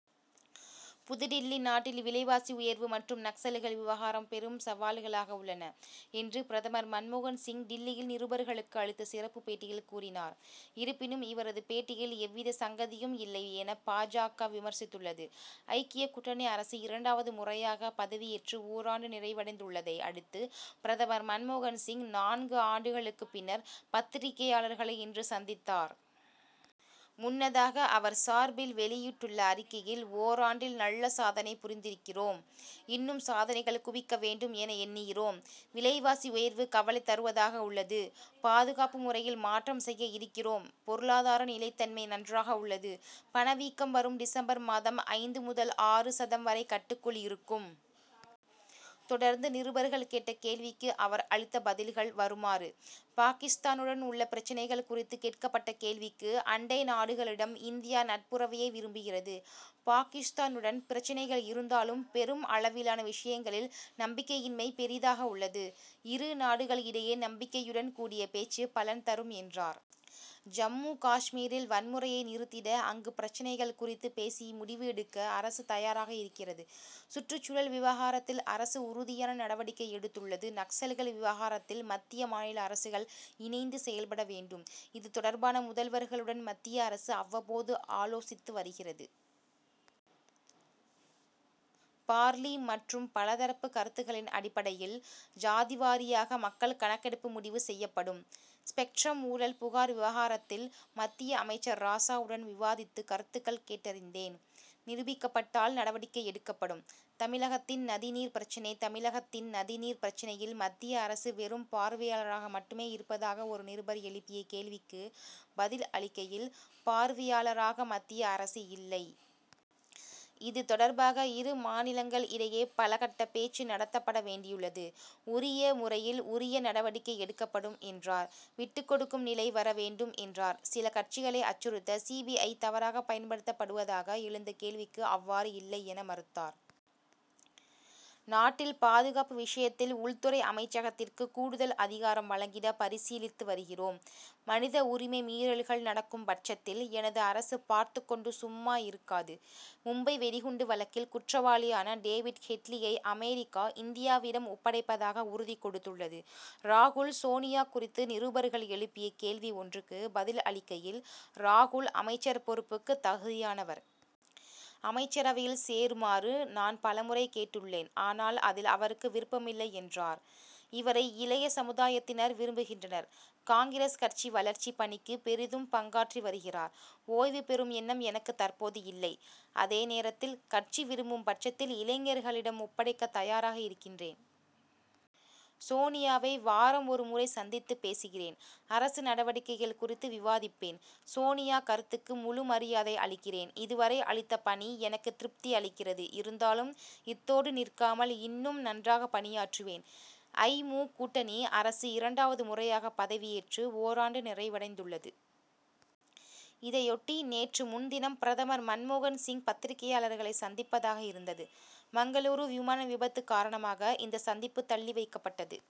புதுடில்லி நாட்டில் விலைவாசி உயர்வு மற்றும் நக்சல்கள் விவகாரம் பெரும் சவால்களாக உள்ளன என்று பிரதமர் மன்மோகன்சிங் டில்லியில் நிருபர்களுக்கு அளித்த சிறப்பு பேட்டியில் கூறினார். இருப்பினும் இவரது பேட்டியில் எவ்வித சங்கதியும் இல்லை என பா. ஜ.க.விமர்சித்துள்ளது. ஐக்கிய கூட்டணி அரசு இரண்டாவது முறையாக பதவியேற்று ஓராண்டு நிறைவடைந்துள்ளதை அடுத்து, பிரதமர் மன்மோகன் சிங், நான்கு ஆண்டுகளுக்கு பின்னர் பத்திரிகையாளர்களை இன்று சந்தித்தார். முன்னதாக அவர் சார்பில் வெளியிட்டுள்ள அறிக்கையில் ஓராண்டில் நல்ல சாதனை புரிந்திருக்கிறோம். இன்னும் சாதனைகள் குவிக்க வேண்டும் என எண்ணுகிறோம். விலைவாசி உயர்வு கவலை தருவதாக உள்ளது. பாதுகாப்பு முறையில் மாற்றம் செய்ய இருக்கிறோம். பொருளாதார நிலைத்தன்மை நன்றாக உள்ளது. பணவீக்கம் வரும் டிசம்பர் மாதம் ஐந்து முதல் ஆறு சதம் வரை கட்டுக்குள் இருக்கும். தொடர்ந்து நிருபர்கள் கேட்ட கேள்விக்கு அவர் அளித்த பதில்கள் வருமாறு பாகிஸ்தானுடன் உள்ள பிரச்னைகள் குறித்து கேட்கப்பட்ட கேள்விக்கு அண்டைய நாடுகளிடம் இந்தியா நட்புறவையே விரும்புகிறது. பாகிஸ்தானுடன் பிரச்னைகள் இருந்தாலும் பெரும் அளவிலான விஷயங்களில் நம்பிக்கையின்மை பெரிதாக உள்ளது. இரு நாடுகள் இடையே நம்பி்கையுடன் கூடிய பேச்சு பலன் தரும் என்றார். ஜம்மு காஷ்மீரில் வன்முறையை நிறுத்திட அங்கு பிரச்னைகள் குறித்து பேசி முடிவு எடுக்க அரசு தயாராக இருக்கிறது. சுற்றுச்சூழ்ல விவகாரத்தில் அரசு உறுதியான நடவடிக்கை எடுத்துள்ளது. நக்சல்கள் விவகாரத்தில் மத்திய, மாநில அரசுகள் இணைந்து செயல்பட வேண்டும். இது தொடர்பான முதல்வர்களுடன் மத்திய அரசு அவ்வப்போது ஆலோசித்து வருகிறது. பார்லி., மற்றும் பல தரப்பு கருத்துக்களின் அடிப்டையில் ஜாதிவாரியாக மக்கள் கணக்கெடுப்பு முடிவு செய்யப்படும். ஸ்பெக்ட்ரம் ஊழல் புகார் விவகாரத்தில் மத்திய அமைச்சர் ராசாவுடன் விவாதித்து கருத்துக்கள் கேட்டறிந்தேன். நிரூபிக்கப்பட்டால் நடவடிக்கை எடுக்கப்படும். தமிழகத்தின் நதி நீர் பிரச்னை தமிழகத்தின் நதி நீர் பிரச்னையில் மத்திய அரசு வெறும் பார்வையாளராக மட்டுமே இருப்பதாக ஒரு நிருபர் எழுப்பிய கேள்விக்கு பதில் அளிக்கையில் பார்வையாளராக மத்திய அரசு இல்லை. இது தொடர்பாக இரு மாநிலங்கள் இடையே பலக்கட்ட பேச்சு நடத்தப்பட வேண்டியுள்ளது. உரிய முறையில் உரிய நடவடிக்கை எடுக்கப்படும் என்றார். விட்டுக்கொடுக்கும் நிலை வர வேண்டும் என்றார். சில கட்சிகளை அச்சுறுத்த சி. பி. ஐ., தவறாக பயன்படுத்துவதாக எழுந்த கேள்விக்கு அவ்வாறு இல்லை என மறுத்தார். நாட்டில் பாதுகாப்பு விஷயத்தில் உள்துறை அமைச்சகத்திற்கு கூடுதல் அதிகாரம் வழங்கிட பரிசீலித்து வருகிறோம். மனித உரிமை மீறல்கள் நடக்கும் படச்த்தில் எனது அரசு பார்த்துக்கொண்டு சும்மா இருக்காது. மும்பை வெடிகுண்டு வழக்கில் குற்றவாளியான டேவிட் ஹெட்லியை அமெரிக்கா இந்தியாவிடம் ஒப்படைப்பதாக உறுதி கொடுத்துள்ளது. ராகுல் சோனியா குறித்து நிருபர்கள் எழுப்பிய கேள்வி ஒன்றுக்கு பதில் அளிக்கையில் ராகுல் அமைச்சர் பொறுப்புக்கு தகுதியானவர். அமைச்சரவையில் சேருமாறு நான் பலமுறை கேட்டுள்ளேன் ஆனால் அதில் அவருக்கு விருப்பமில்லை என்றார். இவரை இளைய சமுதாயத்தினர் விரும்புகின்றனர். காங்கிரஸ் கட்சி வளர்ச்சி பணிக்கு பெரிதும் பங்காற்றி வருகிறார். ஓய்வு பெறும் எண்ணம் எனக்கு தற்போது இல்லை. அதே நேரத்தில் கட்சி விரும்பும் பட்சத்தில் இளைஞர்களிடம் ஒப்படைக்க தயாராக இருக்கின்றேன். சோனியாவை வாரம் ஒரு முறை சந்தித்து பேசுகிறேன். அரசு நடவடிக்கைகள் குறித்து விவாதிப்பேன். சோனியா கருத்துக்கு முழு மரியாதை அளிக்கிறேன். இது வரை அளித்த பணி எனக்கு திருப்தி அளிக்கிறது. இருந்தாலும் இத்தோடு நிற்காமல் இன்னும் நன்றாக பணியாற்றுவேன். ஐ. மு., கூட்டணி அரசு இரண்டாவது முறையாக பதவியேற்று ஓராண்டு நிறைவடைந்துள்ளது. இதையொட்டி, நேற்று முன்தினம் பிரதமர் மன்மோகன் சிங், பத்திரிகையாளர்களை சந்திப்பதாக இருந்தது. மங்களூரு விமான விபத்து காரணமாக, இந்த சந்திப்பு தள்ளி வைக்கப்பட்டது.